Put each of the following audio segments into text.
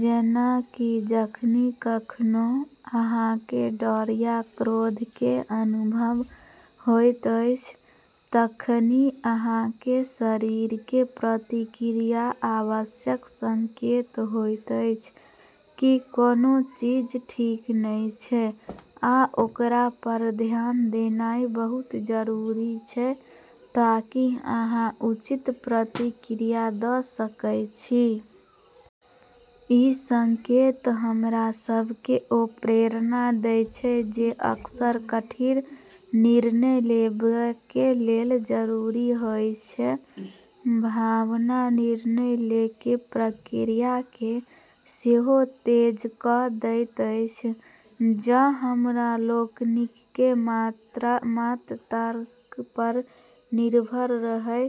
जेना कि जखनि कखनऊ अहाँके डर या क्रोधके अनुभव होइत अछि, तखनि अहाँके शरीरके प्रतिक्रिया आवश्यक संकेत होइत अछि कि कोनो चीज ठीक नहि छै, आ ओकरा पर ध्यान देनाइ बहुत जरूरी छै ताकि अहाँ उचित प्रतिक्रिया द' सकय छी । ई संकेत हमरा सबके ओ प्रेरणा दै छै जे अक्सर कठिन निर्णय लेबाके लेल जरूरी होइ छै। भावना निर्णय लैके प्रक्रियाके सेहो तेज क' दैत अछि। जँ हमरा लोकनिकेँ मात्र तर्क पर निर्भर रहय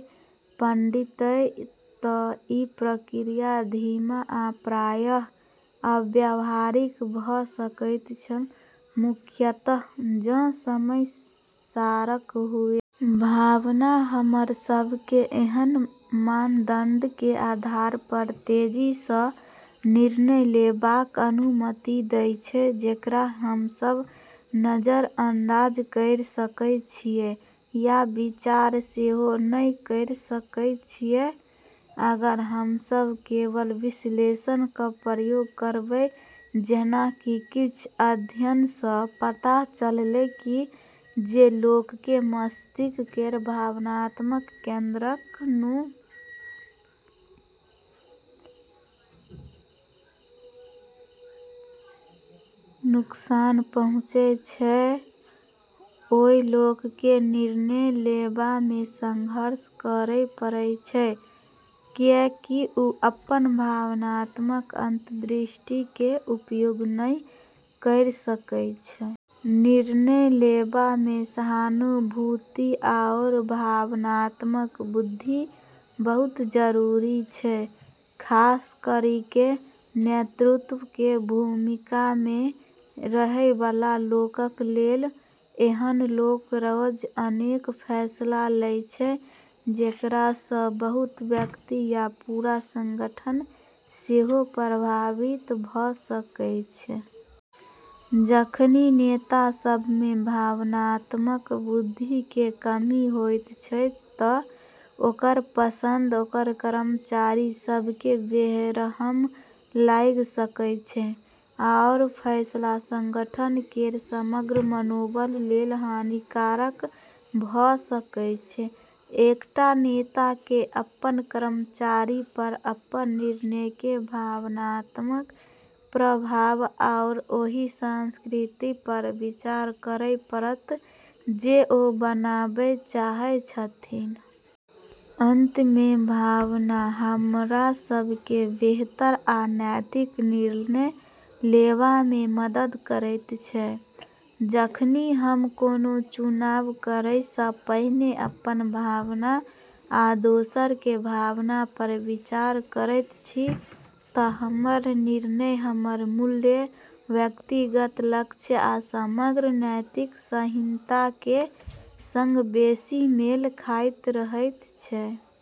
पड़ितय त' ई प्रक्रिया धीमा आ प्रायः अव्यावहारिक भ' सकैत छल, मुख्यतः जँ समय सारक हुए । भावना हमरा सबके एहन मानदंडके आधार पर तेजीसँ निर्णय लेबाक अनुमति दै छै जेकरा हमसब नजरअंदाज करि सकै छियै या विचार सेहो नहि करि सकै छियै अगर हमसब केवल विश्लेषणके प्रयोग करबै। जेना कि किछ अध्ययनसँ पता चललै कि जे लोकके मस्तिष्क केर भावनात्मक केंद्रके नुकसान पहुँचै छै, ओइ लोकके निर्णय लेबामे संघर्ष करै पड़ै छै, किएकि ओ अपन भावनात्मक अंतर्दृष्टिके उपयोग नहि करि सकै छै। निर्णय लेबामे सहानुभूति आओर भावनात्मक बुद्धि बहुत जरूरी छै, खास करिके नेतृत्वके भूमिकामे रहैबला लोकक लेल । एहन लोक रोज अनेक फैसला लै छै जेकरासँ बहुत व्यक्ति या पूरा संगठन सेहो प्रभावित भ' सकै छै। जखनि नेता सबमे भावनात्मक बुद्धिके कमी होइत छै त' ओकर पसंद ओकर कर्मचारी सबके बेरहम लागि सकै छै, आओर फैसला संगठन केर समग्र मनोबल लेल हानिकारक भ' सकै छै। एकटा नेताके अपन कर्मचारी पर अपन निर्णयके भावनात्मक प्रभाव आओर ओहि संस्कृति पर विचार करय पड़त जे ओ बनाबै चाहय छथिन । अंत मे, भावना हमरा सबके बेहतर आ नैतिक निर्णय लेबामे मदद करैत छै। जखनि हम कोनो चुनाव करयसँ पहिने अपन भावना आ दोसरके भावना पर विचार करैत छी त' हमर निर्णय हमर मूल्य, व्यक्तिगत लक्ष्य आ समग्र नैतिक संहिताके सङ्ग बेशी मेल खाइत रहैत अछि ।